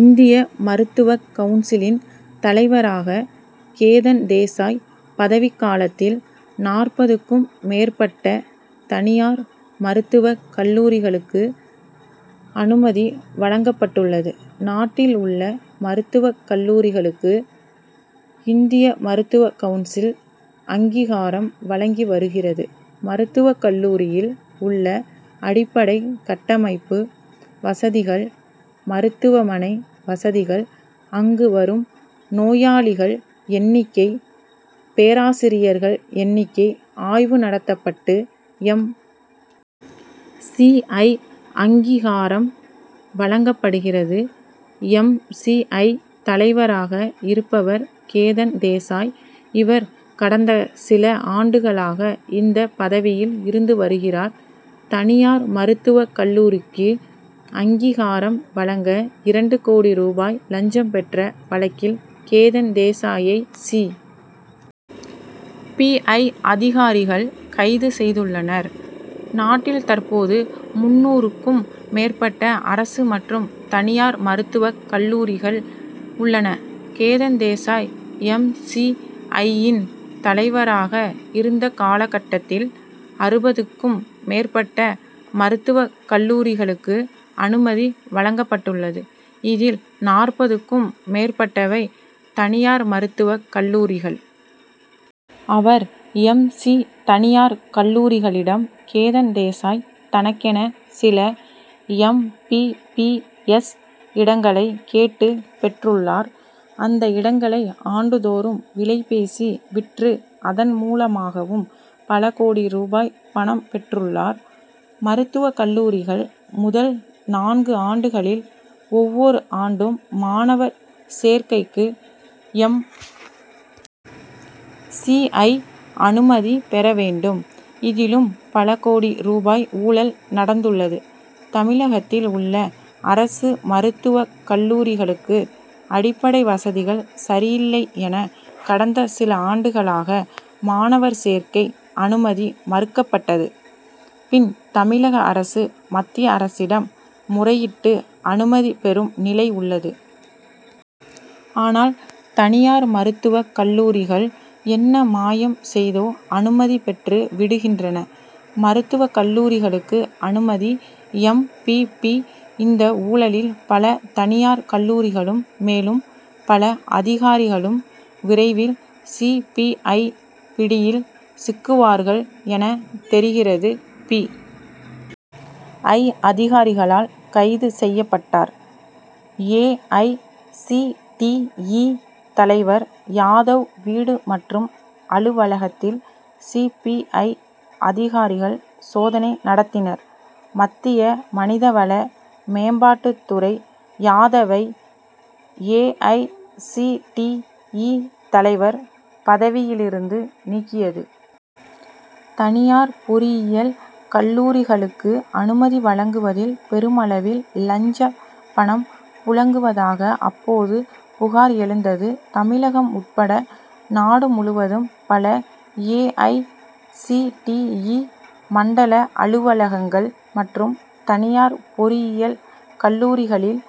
இந்திய மருத்துவக் கவுன்சிலின் தலைவராக கேதன் தேசாய் பதவிக்காலத்தில் நாற்பதுக்கும் மேற்பட்ட தனியார் மருத்துவக் கல்லூரிகளுக்கு அனுமதி வழங்கப்பட்டுள்ளது. நாட்டில் உள்ள மருத்துவக் கல்லூரிகளுக்கு இந்திய மருத்துவக் கவுன்சில் அங்கீகாரம் வழங்கி வருகிறது. மருத்துவக் கல்லூரியில் உள்ள அடிப்படைக் கட்டமைப்பு வசதிகள், மருத்துவமனை வசதிகள் அங்கு வரும் நோயாளிகள் எண்ணிக்கை பேராசிரியர்கள் எண்ணிக்கை ஆய்வு நடத்தப்பட்டு எம். சி. ஐ. அங்கீகாரம் வழங்கப்படுகிறது. எம். சி. ஐ. தலைவராக இருப்பவர் கேதன் தேசாய். இவர் கடந்த சில ஆண்டுகளாக இந்த பதவியில் இருந்து வருகிறார். தனியார் மருத்துவக் கல்லூரிக்கு அங்கீகாரம் வழங்க இரண்டு கோடி ரூபாய் லஞ்சம் பெற்ற வழக்கில் கேதன் தேசாயை சி. பி. ஐ.அதிகாரிகள் கைது செய்துள்ளனர். நாட்டில் தற்போது முந்நூறுக்கும் மேற்பட்ட அரசு மற்றும் தனியார் மருத்துவக் கல்லூரிகள் உள்ளன. கேதன் தேசாய் எம். சி. ஐ.யின் தலைவராக இருந்த காலகட்டத்தில் அறுபதுக்கும் மேற்பட்ட மருத்துவக் கல்லூரிகளுக்கு அனுமதி வழங்கப்பட்டுள்ளது. இதில் நாற்பதுக்கும் மேற்பட்டவை தனியார் மருத்துவக் கல்லூரிகள். அவர் எம். சி. தனியார் கல்லூரிகளிடம் கேதன் தேசாய் தனக்கென சில எம். பி. பி. எஸ். இடங்களை கேட்டுப் பெற்றுள்ளார். அந்த இடங்களை ஆண்டுதோறும் விலை பேசி விற்று அதன் மூலமாகவும் பல கோடி ரூபாய் பணம் பெற்றுள்ளார். மருத்துவக் கல்லூரிகள் முதல் நான்கு ஆண்டுகளில் ஒவ்வொரு ஆண்டும் மாணவர் சேர்க்கைக்கு எம். சி. ஐ., அனுமதி பெற வேண்டும். இதிலும் பல கோடி ரூபாய் ஊழல் நடந்துள்ளது. தமிழகத்தில் உள்ள அரசு மருத்துவக் கல்லூரிகளுக்கு அடிப்படை வசதிகள் சரியில்லை என கடந்த சில ஆண்டுகளாக மாணவர் சேர்க்கை அனுமதி மறுக்கப்பட்டது. பின் தமிழக அரசு மத்திய அரசிடம் முறையிட்டு அனுமதி பெறும் நிலை உள்ளது. ஆனால் தனியார் மருத்துவக் கல்லூரிகள் என்ன மாயம் செய்தோ அனுமதி பெற்று விடுகின்றன. மருத்துவக் கல்லூரிகளுக்கு அனுமதி எம். பி. பி. இந்த ஊழலில் பல தனியார் கல்லூரிகளும் மேலும் பல அதிகாரிகளும் விரைவில் சி. பி. ஐ. பிடியில் சிக்குவார்கள் என தெரிகிறது. பி. ஐ. அதிகாரிகளால் கைது செய்யப்பட்டார். A. I. C. T. E. தலைவர் யாதவ் வீடு மற்றும் அலுவலகத்தில் சி. பி. ஐ. அதிகாரிகள் சோதனை நடத்தினர். மத்திய மனிதவள மேம்பாட்டுத் துறை யாதவை A. I. C. T. E. தலைவர் பதவியிலிருந்து நீக்கியது. தனியார் பொறியியல் கல்லூரிகளுக்கு அனுமதி வழங்குவதில் பெருமளவில் லஞ்சப் பணம் புழங்குவதாக அப்போது புகார் எழுந்தது. தமிழகம் உட்பட நாடு முழுவதும் பல A. I. C. T. E. மண்டல அலுவலகங்கள் மற்றும் தனியார் பொறியியல் கல்லூரிகளில்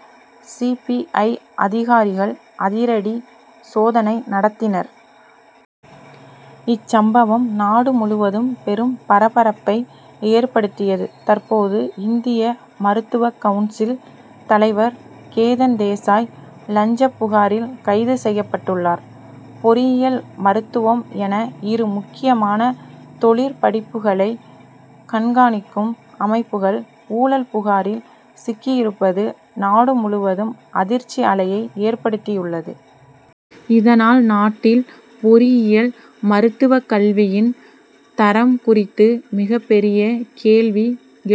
சி. பி. ஐ.அதிகாரிகள் அதிரடி சோதனை நடத்தினர். இச்சம்பவம் நாடு முழுவதும் பெரும் பரபரப்பை ஏற்படுத்தியது. தற்போது இந்திய மருத்துவக் கவுன்சில் தலைவர் கேதன் தேசாய், லஞ்சப் புகாரில் கைது செய்யப்பட்டுள்ளார். பொறியியல் மருத்துவம் என இரு முக்கியமான தொழிற்படிப்புகளை கண்காணிக்கும் அமைப்புகள் ஊழல் புகாரில் சிக்கியிருப்பது நாடு முழுவதும் அதிர்ச்சி அலையை ஏற்படுத்தியுள்ளது. இதனால் நாட்டில் பொறியியல் மருத்துவக் கல்வியின் தரம் குறித்து மிகப்பெரிய கேள்வி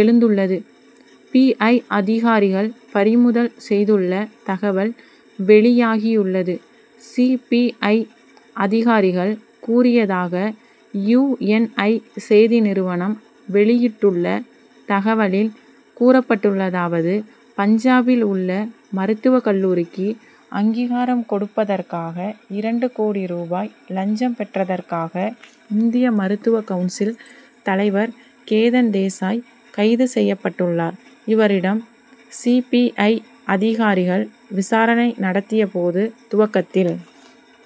எழுந்துள்ளது. பி. ஐ. அதிகாரிகள் பறிமுதல் செய்துள்ள தகவல் வெளியாகியுள்ளது. சி. பி. ஐ. அதிகாரிகள் கூறியதாக யு. என். ஐ.செய்தி நிறுவனம் வெளியிட்டுள்ள தகவலில் கூறப்பட்டுள்ளதாவது பஞ்சாபில் உள்ள மருத்துவக் கல்லூரிக்கு அங்கீகாரம் கொடுப்பதற்காக இரண்டு கோடி ரூபாய் லஞ்சம் பெற்றதற்காக இந்திய மருத்துவக் கவுன்சில் தலைவர் கேதன் தேசாய் கைது செய்யப்பட்டுள்ளார். இவரிடம் சி. பி. ஐ. அதிகாரிகள் விசாரணை நடத்தியபோது, துவக்கத்தில்